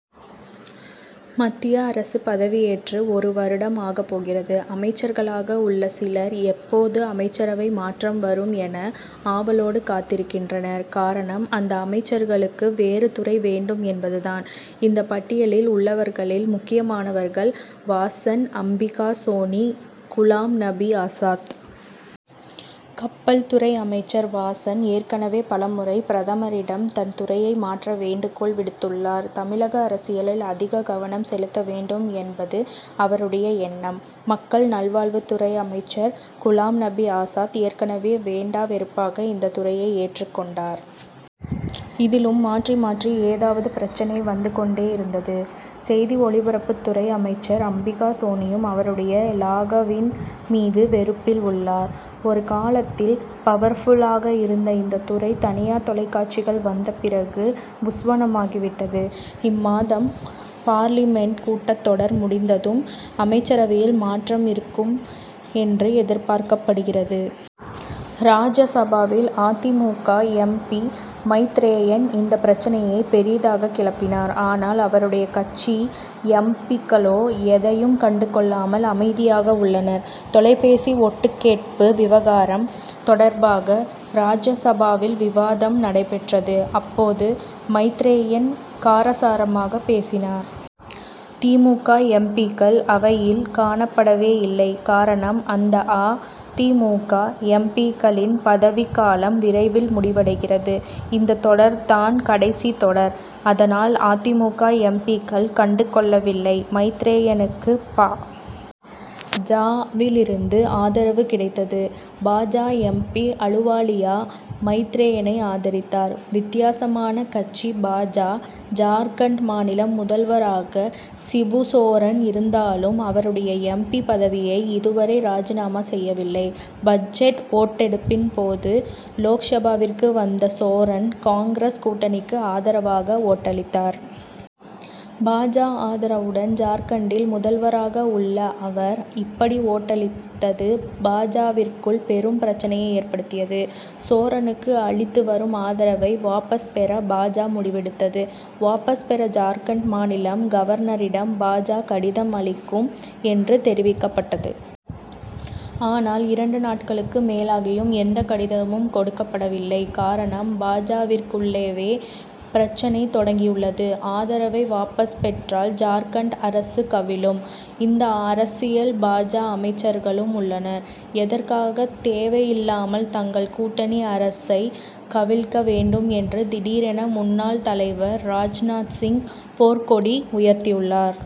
மத்திய அரசு பதவியேற்று ஒரு வருடம் ஆகப் போகிறது. அமைச்சர்களாக உள்ள சிலர், எப்போது அமைச்சரவை மாற்றம் வரும் என, ஆவலோடு காத்திருக்கின்றனர். காரணம், அந்த அமைச்சர்களுக்கு வேறு துறை வேண்டும் என்பது தான். இந்த பட்டியலில் உள்ளவர்களில் முக்கியமானவர்கள் வாசன், அம்பிகா சோனி, குலாம் நபி ஆசாத். கப்பல் துறை அமைச்சர் வாசன், ஏற்கனவே பலமுறை பிரதமரிடம் தன் துறையை மாற்ற வேண்டுகோள் விடுத்துள்ளார். தமிழக அரசியலில் அதிக கவனம் செலுத்த வேண்டும் என்பது அவருடைய எண்ணம். மக்கள் நல்வாழ்வுத் துறை அமைச்சர் குலாம் நபி ஆசாத், ஏற்கனவே வேண்டா வெறுப்பாக இந்த துறையை ஏற்றுக் கொண்டார். இதிலும் மாற்றி மாற்றி ஏதாவது பிரச்னை வந்து கொண்டேயிருந்தது. செய்தி ஒளிபரப்புத் துறை அமைச்சர் அம்பிகா சோனியும், அவருடைய இலாகாவின் மீது வெறுப்பில் உள்ளார். ஒரு காலத்தில் பவர்புல் ஆக இருந்த இந்த துறை, தனியார் தொலைக்காட்சிகள் வந்த பிறகு புஸ்வாணமாகி விட்டது. இம்மாதம் பார்லிமென்ட் கூட்டத் தொடர் முடிந்ததும், அமைச்சரவையில் மாற்றம் இருக்கும் என்று எதிர்பார்க்கப்படுகிறது. ராஜ்யசபாவில் அ. தி. மு. க., எம். பி., மைத்ரேயன் இந்த பிரச்னையை பெரிதாக கிளப்பினார். ஆனால், அவருடைய கட்சி எம். பி.,க்களோ, எதையும் கண்டு கொள்ளாமல் அமைதியாக உள்ளனர். தொலைபேசி ஒட்டு கேட்பு விவகாரம் தொடர்பாக ராஜ்ய சபாவில் விவாதம் நடைபெற்றது. அப்போது மைத்ரேயன் காரசாரமாகப் பேசினார். தி. மு. க., எம். பி.,க்கள் அவையில் காணப்படவே இல்லை. காரணம், அந்த அ. தி. மு. க., எம். பி.,க்களின் பதவிக்காலம் விரைவில் முடிவடைகிறது. இந்த தொடர் தான் கடைசி தொடர். அதனால், அ. தி. மு. க., எம். பி.,க்கள் கண்டுகொள்ளவில்லை. மைத்ரேயனுக்கு பா. ஜ.,விலிருந்து ஆதரவு கிடைத்தது. பா. ஜ., எம். பி., அலுவாலியா, மைத்ரேயனை ஆதரித்தார். வித்தியாசமான கட்சி பா. ஜ., ஜார்க்கண்ட் மாநில முதல்வராக சிபுசோரன் இருந்தாலும், அவருடைய எம். பி., பதவியை இதுவரை ராஜினாமா செய்யவில்லை. பட்ஜெட் ஓட்டெடுப்பின் போது லோக்சபாவிற்கு வந்த சோரன், காங்கிரஸ் கூட்டணிக்கு ஆதரவாக ஓட்டளித்தார். பா. ஜ., ஆதரவுடன் ஜார்க்கண்டில் முதல்வராக உள்ள அவர், இப்படி ஓட்டளித்தது பா. ஜ.,விற்குள் பெரும் பிரச்னையை ஏற்படுத்தியது. சோரனுக்கு அளித்து வரும் ஆதரவை வாபஸ் பெற பா. ஜ., முடிவெடுத்தது. வாபஸ் பெற ஜார்க்கண்ட் மாநில கவர்னரிடம் பா. ஜ., கடிதம் அளிக்கும் என்று தெரிவிக்கப்பட்டது. ஆனால், இரண்டு நாட்களுக்கு மேலாகியும் எந்த கடிதமும் கொடுக்கப்படவில்லை. காரணம் பா. ஜ.,விற்குள்ளேவே பிரச்னை தொடங்கியுள்ளது. ஆதரவை வாபஸ் பெற்றால் ஜார்க்கண்ட் அரசு கவிழும். இந்த அரசியல் பா. ஜ., அமைச்சர்களும் உள்ளனர். எதற்காக தேவையில்லாமல் தங்கள் கூட்டணி அரசை கவிழ்க்க வேண்டும் என்று திடீரென முன்னாள் தலைவர் ராஜ்நாத் சிங் போர்க்கொடி உயர்த்தியுள்ளார்.